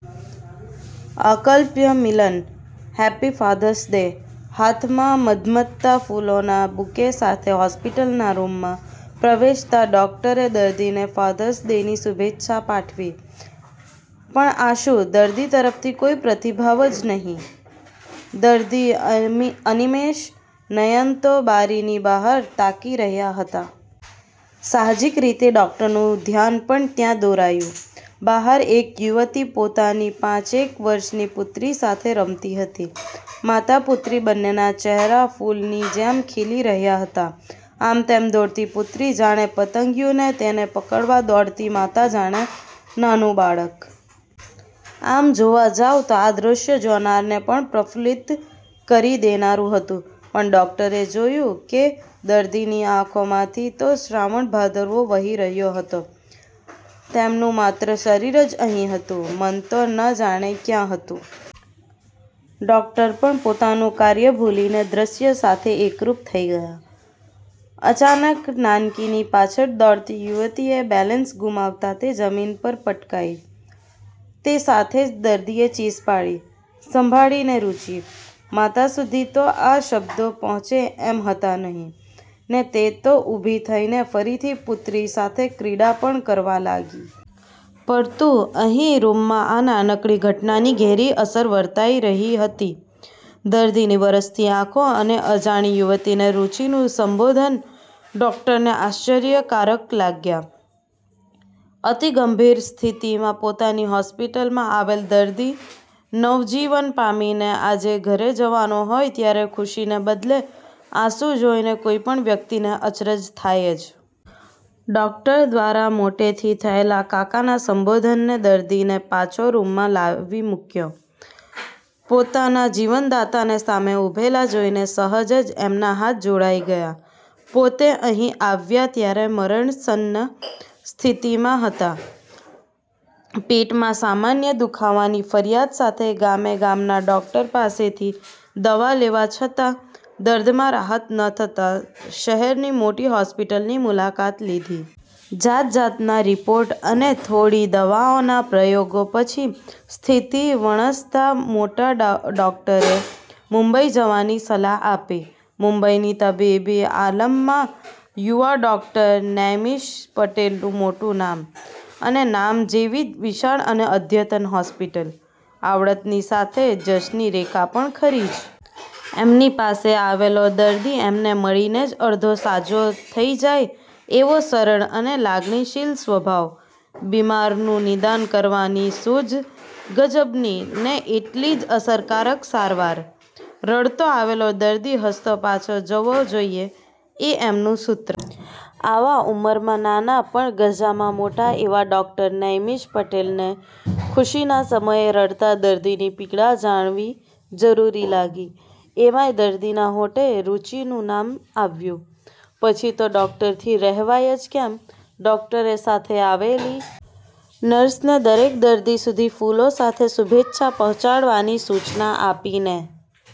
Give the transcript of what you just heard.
અકલ્પ્ય મિલન: "happy Father's Day" હાથમાં મઘમઘતાં ફૂલોના બુકે સાથે હોસ્પિટલના રૂમમાં પ્રવેશતા ડોક્ટરે દર્દીને ફાધર્સ ડેની શુભેચ્છા પાઠવી. પણ આ શું? દર્દી તરફથી કોઈ પ્રતિભાવ જ નહીં! દર્દી અનિમેષ નયન તો બારીની બહાર તાકી રહ્યા હતા. સાહજિક રીતે ડોક્ટરનું ધ્યાન પણ ત્યાં દોરાયું. બહાર એક યુવતી પોતાની પાંચેક વર્ષની પુત્રી સાથે રમતી હતી. માતા-પુત્રી બંનેના ચહેરા ફૂલની જેમ ખીલી રહ્યા હતા. આમતેમ દોડતી પુત્રી, જાણે પતંગિયું ને તેને પકડવા દોડતી માતા જાણે નાનું બાળક! આમ જોવા જાવ તો આ દ્રશ્ય જોનારને પણ પ્રફુલ્લિત કરી દેનારું હતું. પણ ડોક્ટરે જોયું કે દર્દીની આંખોમાંથી તો શ્રાવણ-ભાદરવો વહી રહ્યો હતો. તેમનું માત્ર શરીર જ અહી હતું, મન તો ન જાણે ક્યાં હતું? ડૉક્ટર પણ પોતાનું કાર્ય ભૂલીને દ્રશ્ય સાથે એકરૂપ થઈ ગયા! અચાનક નાનકીની પાછળ દોડતી યુવતીએ બેલેન્સ ગુમાવતાં તે જમીન પર પટકાઈ. તે સાથે જ દર્દીએ ચીસ પાડી, "સંભાળીને રુચિ." માતા સુધી તો આ શબ્દો પહોંચે એમ હતા નહિ, ને તે તો ઊભી થઈને ફરીથી પુત્રી સાથે ક્રીડા પણ કરવા લાગી. પરતું અહી રૂમમાં આ નાનકડી ઘટનાની ઘેરી અસર વર્તાઈ રહી હતી. દર્દીની વરસતી આંખો અને અજાણી યુવતીને 'રુચિ'નું સંબોધન ડૉક્ટરને આશ્ચર્યકારક લાગ્યાં. અતિ ગંભીર સ્થિતિમાં પોતાની હોસ્પિટલમાં આવેલ દર્દી નવજીવન પામીને આજે ઘરે જવાનો હોય ત્યારે ખુશીને બદલે આંસુ જોઈને કોઈપણ વ્યક્તિને અચરજ થાય જ. ડૉક્ટર દ્વારા મોટેથી થયેલા 'કાકા'ના સંબોધને દર્દીને પાછો રૂમમાં લાવી મૂક્યો. પોતાના જીવનદાતાને સામે ઊભેલા જોઈને સહજ જ એમના હાથ જોડાઈ ગયા. પોતે અહી આવ્યા ત્યારે મરણાસન્ન સ્થિતિમાં હતા. પેટમાં સામાન્ય દુ:ખાવાની ફરિયાદ સાથે ગામેગામના ડૉક્ટર પાસેથી દવા લેવા છતાં દર્દમાં રાહત ન થતાં, શહેરની મોટી હોસ્પિટલની મુલાકાત લીધી. જાત-જાતના રીપોર્ટ અને થોડી દવાઓના પ્રયોગો પછી સ્થિતિ વણસતાં મોટા ડોક્ટરે મુંબઈ જવાની સલાહ આપી. મુંબઈની તબીબી આલમમાં યુવા ડૉક્ટર નૈમિષ પટેલનું મોટું નામ. અને નામ જેવી જ વિશાળ અને અદ્યતન હોસ્પિટલ! આવડતની સાથે જશની રેખા પણ ખરી જ! એમની પાસે આવેલો દર્દી એમને મળીને જ અડધો સાજો થઈ જાય એવો સરળ અને લાગણીશીલ સ્વભાવ. બિમારનું નિદાન કરવાની સૂઝ ગજબની ને એટલી જ અસરકારક સારવાર! "રડતો આવેલો દર્દી હસતો પાછો જવો જોઈએ" એ એમનું સૂત્ર. આવા ઉંમરમાં નાના પણ ગજામાં મોટા એવા ડૉ. નૈમિષ પટેલને ખુશીના સમયે રડતા દર્દીની પીડા જાણવી જરૂરી લાગી. એમાંય દર્દીના હોઠે 'રુચિ'નું નામ આવ્યું! પછી તો ડૉક્ટરથી રહેવાય જ કેમ? ડોક્ટરે સાથે આવેલી નર્સને દરેક દર્દી સુધી ફૂલો સાથે શુભેચ્છા પહોંચાડવાની સૂચના આપીને